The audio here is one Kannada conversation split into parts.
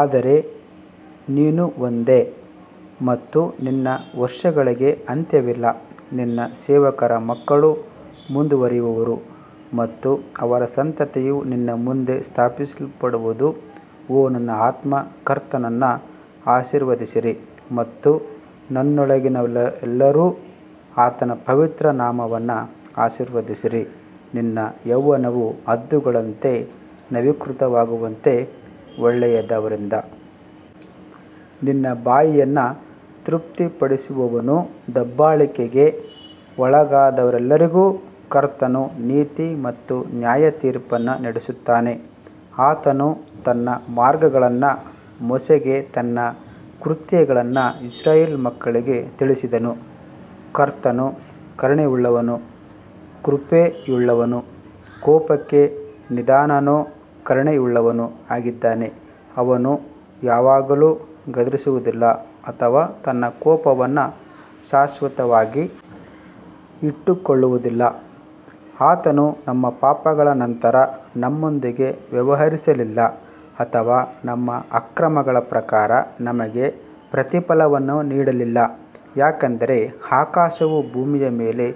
ಆದರೆ ನೀನು ಒಂದೇ ಮತ್ತು ನಿನ್ನ ವರ್ಷಗಳಿಗೆ ಅಂತ್ಯವಿಲ್ಲ ನಿನ್ನ ಸೇವಕರ ಮಕ್ಕಳು ಮುಂದುವರಿಯುವರು ಮತ್ತು ಅವರ ಸಂತತಿಯು ನಿನ್ನ ಮುಂದೆ ಸ್ಥಾಪಿಸಲ್ಪಡುವದು ಓ ನನ್ನ ಆತ್ಮ ಕರ್ತನನ್ನು ಆಶೀರ್ವದಿಸಿರಿ ಮತ್ತು ನನ್ನೊಳಗಿನವರೆಲ್ಲರೂ ಆತನ ಪವಿತ್ರ ನಾಮವನ್ನು ಆಶೀರ್ವದಿಸಿರಿ ನಿನ್ನ ಯೌವನವು ಹದ್ದುಗಳಂತೆ ನವೀಕೃತವಾಗುವಂತೆ ಒಳ್ಳೆಯದರಿಂದ ನಿನ್ನ ಬಾಯಿಯನ್ನು ತೃಪ್ತಿಪಡಿಸುವವನು ದಬ್ಬಾಳಿಕೆಗೆ ಒಳಗಾದವರೆಲ್ಲರಿಗೂ ಕರ್ತನು ನೀತಿ ಮತ್ತು ನ್ಯಾಯತೀರ್ಪನ್ನು ನಡೆಸುತ್ತಾನೆ ಆತನು ತನ್ನ ಮಾರ್ಗಗಳನ್ನು ಮೋಶೆಗೆ ತನ್ನ ಕೃತ್ಯಗಳನ್ನು ಇಸ್ರಾಯೇಲ್ ಮಕ್ಕಳಿಗೆ ತಿಳಿಸಿದನು ಕರ್ತನು ಕರುಣೆಯುಳ್ಳವನೂ ಕೃಪೆಯುಳ್ಳವನೂ ಕೋಪಕ್ಕೆ ನಿಧಾನನೂ ಕರುಣೆಯುಳ್ಳವನೂ ಆಗಿದ್ದಾನೆ ಅವನು ಯಾವಾಗಲೂ ಗದರಿಸುವುದಿಲ್ಲ ಅಥವಾ ತನ್ನ ಕೋಪವನ್ನು ಶಾಶ್ವತವಾಗಿ ಇಟ್ಟುಕೊಳ್ಳುವುದಿಲ್ಲ ಆತನು ನಮ್ಮ ಪಾಪಗಳ ನಂತರ ನಮ್ಮೊಂದಿಗೆ ವ್ಯವಹರಿಸಲಿಲ್ಲ ಅಥವಾ ನಮ್ಮ ಅಕ್ರಮಗಳ ಪ್ರಕಾರ ನಮಗೆ ಪ್ರತಿಫಲವನ್ನು ನೀಡಲಿಲ್ಲ ಯಾಕಂದರೆ ಆಕಾಶವು ಭೂಮಿಯ ಮೇಲೆ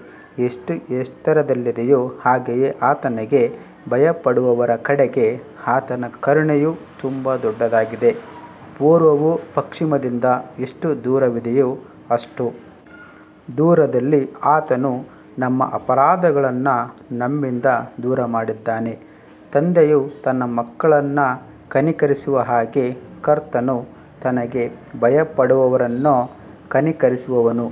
ಎಷ್ಟು ಎತ್ತರದಲ್ಲಿದೆಯೋ ಹಾಗೆಯೇ ಆತನಿಗೆ ಭಯಪಡುವವರ ಕಡೆಗೆ ಆತನ ಕರುಣೆಯು ತುಂಬಾ ದೊಡ್ಡದಾಗಿದೆ ಪೂರ್ವವು ಪಶ್ಚಿಮದಿಂದ ಎಷ್ಟು ದೂರವಿದೆಯೋ ಅಷ್ಟು ದೂರದಲ್ಲಿ ಆತನು ನಮ್ಮ ಅಪರಾಧಗಳನ್ನು ನಮ್ಮಿಂದ ದೂರಮಾಡಿದ್ದಾನೆ ತಂದೆಯು ತನ್ನ ಮಕ್ಕಳನ್ನು ಕನಿಕರಿಸುವ ಹಾಗೆ ಕರ್ತನು ತನಗೆ ಭಯಪಡುವವರನ್ನು ಕನಿಕರಿಸುವನು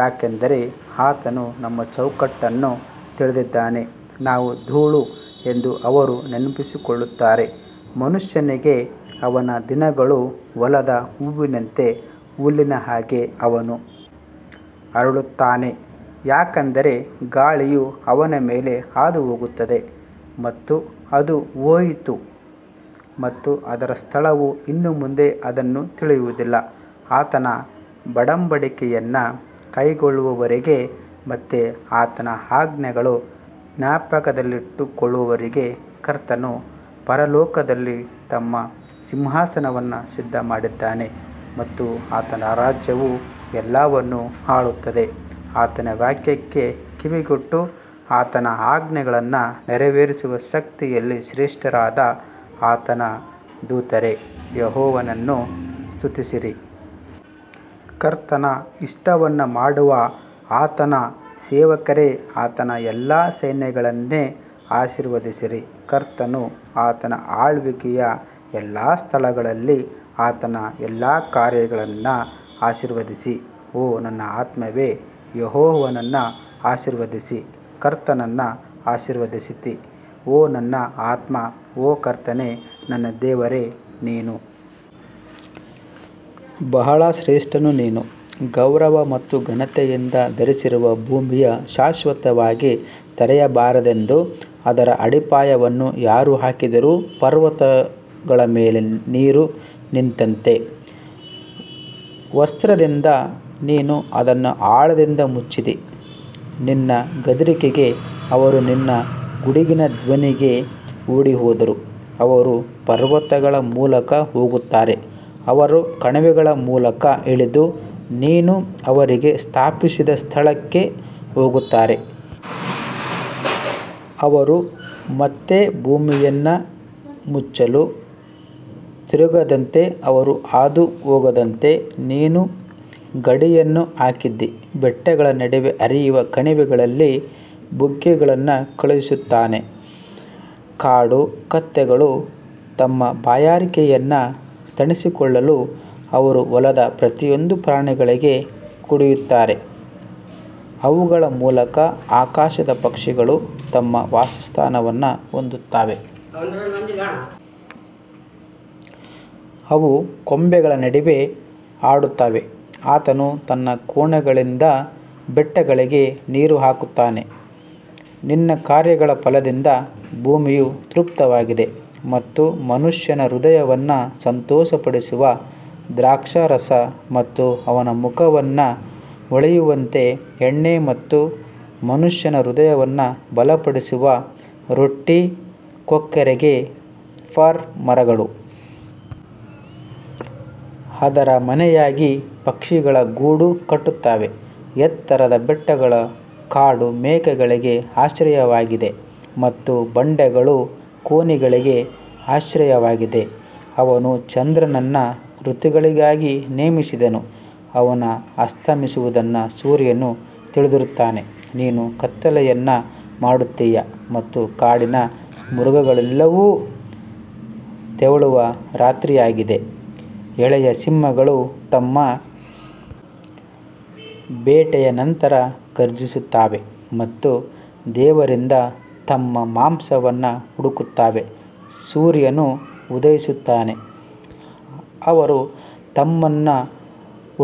ಯಾಕಂದರೆ ಆತನು ನಮ್ಮ ಚೌಕಟ್ಟನ್ನು ತಿಳಿದಿದ್ದಾನೆ ನಾವು ಧೂಳು ಎಂದು ಅವರು ನೆನಪಿಸಿಕೊಳ್ಳುತ್ತಾರೆ ಮನುಷ್ಯನಿಗೆ ಅವನ ದಿನಗಳು ಹೊಲದ ಹೂವಿನಂತೆ ಹುಲ್ಲಿನ ಹಾಗೆ ಅವನು ಅರಳುತ್ತಾನೆ ಯಾಕಂದರೆ ಗಾಳಿಯು ಅದರ ಮೇಲೆ ಹಾದುಹೋಗುತ್ತದೆ ಮತ್ತು ಅದು ಹೋಯಿತು ಮತ್ತು ಅದರ ಸ್ಥಳವು ಇನ್ನು ಮುಂದೆ ಅದನ್ನು ತಿಳಿಯುವುದಿಲ್ಲ ಆತನ ಒಡಂಬಡಿಕೆಯನ್ನು ಕೈಕೊಳ್ಳುವವರಿಗೆ ಮತ್ತು ಆತನ ಆಜ್ಞೆಗಳನ್ನು ಜ್ಞಾಪಕದಲ್ಲಿಟ್ಟುಕೊಳ್ಳುವವರಿಗೆ ಕರ್ತನು ಪರಲೋಕದಲ್ಲಿ ತನ್ನ ಸಿಂಹಾಸನವನ್ನು ಸಿದ್ಧಮಾಡಿದ್ದಾನೆ ಮತ್ತು ಆತನ ರಾಜ್ಯವು ಎಲ್ಲವನ್ನು ಆಳುತ್ತದೆ ಆತನ ವಾಕ್ಯಕ್ಕೆ ಕಿವಿಗೊಟ್ಟು ಆತನ ಆಜ್ಞೆಗಳನ್ನು ನೆರವೇರಿಸುವ ಶಕ್ತಿಯಲ್ಲಿ ಶ್ರೇಷ್ಠರಾದ ಆತನ ದೂತರೇ, ಯೆಹೋವನನ್ನು ಸ್ತುತಿಸಿರಿ. ಕರ್ತನ ಇಷ್ಟವನ್ನು ಮಾಡುವ ಆತನ ಸೇವಕರೇ, ಆತನ ಎಲ್ಲಾ ಸೈನ್ಯಗಳನ್ನೇ ಆಶೀರ್ವದಿಸಿರಿ ಕರ್ತನು ಆತನ ಆಳ್ವಿಕೆಯ ಎಲ್ಲಾ ಸ್ಥಳಗಳಲ್ಲಿ ಆತನ ಎಲ್ಲಾ ಕಾರ್ಯಗಳನ್ನು ಆಶೀರ್ವದಿಸಿ ಓ ನನ್ನ ಆತ್ಮವೇ ಯೆಹೋವನನ್ನು ಆಶೀರ್ವದಿಸಿ ಕರ್ತನನ್ನು ಆಶೀರ್ವದಿಸಿ ಓ ನನ್ನ ಆತ್ಮ ಓ ಕರ್ತನೇ ನನ್ನ ದೇವರೇ ನೀನು ಬಹಳ ಶ್ರೇಷ್ಠನು ನೀನು ಗೌರವ ಮತ್ತು ಘನತೆಯಿಂದ ಧರಿಸಿರುವೆ ಭೂಮಿಯು ಶಾಶ್ವತವಾಗಿ ತೆಗೆಯಬಾರದೆಂದು ಅದರ ಅಡಿಪಾಯವನ್ನು ಯಾರು ಹಾಕಿದರು ಪರ್ವತಗಳ ಮೇಲೆ ನೀರು ನಿಂತಂತೆ ವಸ್ತ್ರದಿಂದ ನೀನು ಅದನ್ನು ಆಳದಿಂದ ಮುಚ್ಚಿದ್ದೀ ನಿನ್ನ ಗದರಿಕೆಗೆ ಅವರು ನಿನ್ನ ಗುಡುಗಿನ ಧ್ವನಿಗೆ ಓಡಿಹೋದರು ಅವರು ಪರ್ವತಗಳ ಮೂಲಕ ಹೋಗುತ್ತಾರೆ, ಅವರು ಕಣಿವೆಗಳ ಮೂಲಕ ಇಳಿದು ನೀನು ಅವರಿಗೆ ಸ್ಥಾಪಿಸಿದ ಸ್ಥಳಕ್ಕೆ ಹೋಗುತ್ತಾರೆ. ಅವರು ಮತ್ತೆ ಭೂಮಿಯನ್ನು ಮುಚ್ಚಲು ತಿರುಗದಂತೆ ಅವರು ಹಾದುಹೋಗದಂತೆ ನೀನು ಗಡಿಯನ್ನು ಹಾಕಿದ್ದೀ ಬೆಟ್ಟಗಳ ನಡುವೆ ಹರಿಯುವ ಕಣಿವೆಗಳಲ್ಲಿ ಬುಗ್ಗೆಗಳನ್ನು ಕಳುಹಿಸುತ್ತಾನೆ ಕಾಡು ಕತ್ತೆಗಳು ತಮ್ಮ ಬಾಯಾರಿಕೆಯನ್ನು ತಣಿಸಿಕೊಳ್ಳಲು ಅವರು ಹೊಲದ ಪ್ರತಿಯೊಂದು ಪ್ರಾಣಿಗಳಿಗೆ ಕುಡಿಯುತ್ತಾರೆ ಅವುಗಳ ಮೂಲಕ ಆಕಾಶದ ಪಕ್ಷಿಗಳು ತಮ್ಮ ವಾಸಸ್ಥಾನವನ್ನು ಹೊಂದುತ್ತವೆ, ಅವು ಕೊಂಬೆಗಳ ನಡುವೆ ಹಾಡುತ್ತವೆ ಆತನು ತನ್ನ ಕೋಣೆಗಳಿಂದ ಬೆಟ್ಟಗಳಿಗೆ ನೀರು ಹಾಕುತ್ತಾನೆ, ನಿನ್ನ ಕಾರ್ಯಗಳ ಫಲದಿಂದ ಭೂಮಿಯು ತೃಪ್ತವಾಗಿದೆ ಮತ್ತು ಮನುಷ್ಯನ ಹೃದಯವನ್ನು ಸಂತೋಷಪಡಿಸುವ ದ್ರಾಕ್ಷಾರಸ ಮತ್ತು ಅವನ ಮುಖವನ್ನು ಹೊಳೆಯುವಂತೆ ಎಣ್ಣೆ ಮತ್ತು ಮನುಷ್ಯನ ಹೃದಯವನ್ನು ಬಲಪಡಿಸುವ ರೊಟ್ಟಿ ಕೊಕ್ಕರೆಗೆ ಫರ್ ಮರಗಳು ಅದರ ಮನೆಯಾಗಿ ಪಕ್ಷಿಗಳು ಗೂಡು ಕಟ್ಟುತ್ತವೆ ಎತ್ತರದ ಬೆಟ್ಟಗಳು ಕಾಡು ಮೇಕೆಗಳಿಗೆ ಆಶ್ರಯವಾಗಿದೆ ಮತ್ತು ಬಂಡೆಗಳು ಕೋನಿಗಳಿಗೆ ಆಶ್ರಯವಾಗಿದೆ ಅವನು ಚಂದ್ರನನ್ನು ಋತುಗಳಿಗಾಗಿ ನೇಮಿಸಿದನು, ಅವನು ಅಸ್ತಮಿಸುವುದನ್ನು ಸೂರ್ಯನು ತಿಳಿದಿರುತ್ತಾನೆ ನೀನು ಕತ್ತಲೆಯನ್ನು ಮಾಡುತ್ತೀಯ ಮತ್ತು ಕಾಡಿನ ಮೃಗಗಳೆಲ್ಲವೂ ತೆವಳುವ ರಾತ್ರಿಯಾಗಿದೆ ಎಳೆಯ ಸಿಂಹಗಳು ತಮ್ಮ ಬೇಟೆಯ ನಂತರ ಘರ್ಜಿಸುತ್ತವೆ ಮತ್ತು ದೇವರಿಂದ ತಮ್ಮ ಮಾಂಸವನ್ನು ಹುಡುಕುತ್ತವೆ ಸೂರ್ಯನು ಉದಯಿಸುತ್ತಾನೆ, ಅವರು ತಮ್ಮನ್ನು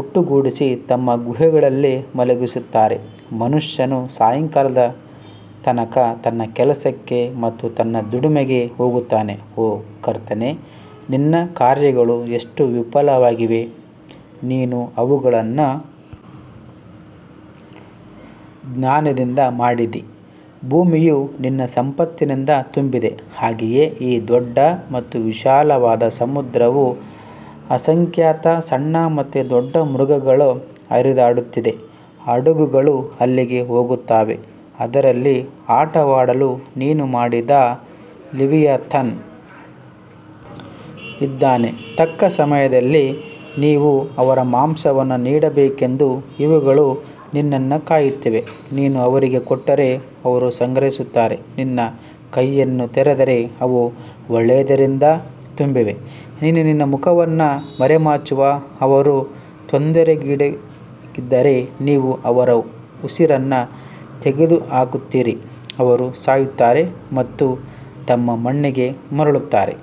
ಒಟ್ಟುಗೂಡಿಸಿ ತಮ್ಮ ಗುಹೆಗಳಲ್ಲಿ ಮಲಗಿಸುತ್ತಾರೆ ಮನುಷ್ಯನು ಸಾಯಂಕಾಲದ ತನಕ ತನ್ನ ಕೆಲಸಕ್ಕೆ ಮತ್ತು ತನ್ನ ದುಡಿಮೆಗೆ ಹೋಗುತ್ತಾನೆ ಓ ಕರ್ತನೇ, ನಿನ್ನ ಕಾರ್ಯಗಳು ಎಷ್ಟು ವಿಪುಲವಾಗಿವೆ, ನೀನು ಅವುಗಳನ್ನು ಜ್ಞಾನದಿಂದ ಮಾಡಿದಿ, ಭೂಮಿಯು ನಿನ್ನ ಸಂಪತ್ತಿನಿಂದ ತುಂಬಿದೆ ಹಾಗೆಯೇ ಈ ದೊಡ್ಡ ಮತ್ತು ವಿಶಾಲವಾದ ಸಮುದ್ರವು ಅಸಂಖ್ಯಾತ ಸಣ್ಣ ಮತ್ತು ದೊಡ್ಡ ಮೃಗಗಳು ಹರಿದಾಡುತ್ತಿದೆ ಹಡಗುಗಳು ಅಲ್ಲಿಗೆ ಹೋಗುತ್ತವೆ, ಅದರಲ್ಲಿ ಆಟವಾಡಲು ನೀನು ಮಾಡಿದ ಲೆವಿಯಾಥನ್ ಇದ್ದಾನೆ ತಕ್ಕ ಸಮಯದಲ್ಲಿ ನೀವು ಅವರ ಮಾಂಸವನ್ನು ನೀಡಬೇಕೆಂದು ಇವುಗಳು ನಿನ್ನನ್ನು ಕಾಯುತ್ತಿವೆ ನೀನು ಅವರಿಗೆ ಕೊಟ್ಟರೆ ಅವರು ಸಂಗ್ರಹಿಸುತ್ತಾರೆ ನಿನ್ನ ಕೈಯನ್ನು ತೆರೆದರೆ ಅವು ಒಳ್ಳೆಯದರಿಂದ ತುಂಬಿವೆ ನೀನು ನಿನ್ನ ಮುಖವನ್ನು ಮರೆಮಾಚುವೆ ಅವರು ತೊಂದರೆಗೀಡಾಗಿದ್ದಾರೆ ನೀವು ಅವರ ಉಸಿರನ್ನು ತೆಗೆದುಹಾಕುತ್ತೀರಿ ಅವರು ಸಾಯುತ್ತಾರೆ ಮತ್ತು ತಮ್ಮ ಮಣ್ಣಿಗೆ ಮರಳುತ್ತಾರೆ.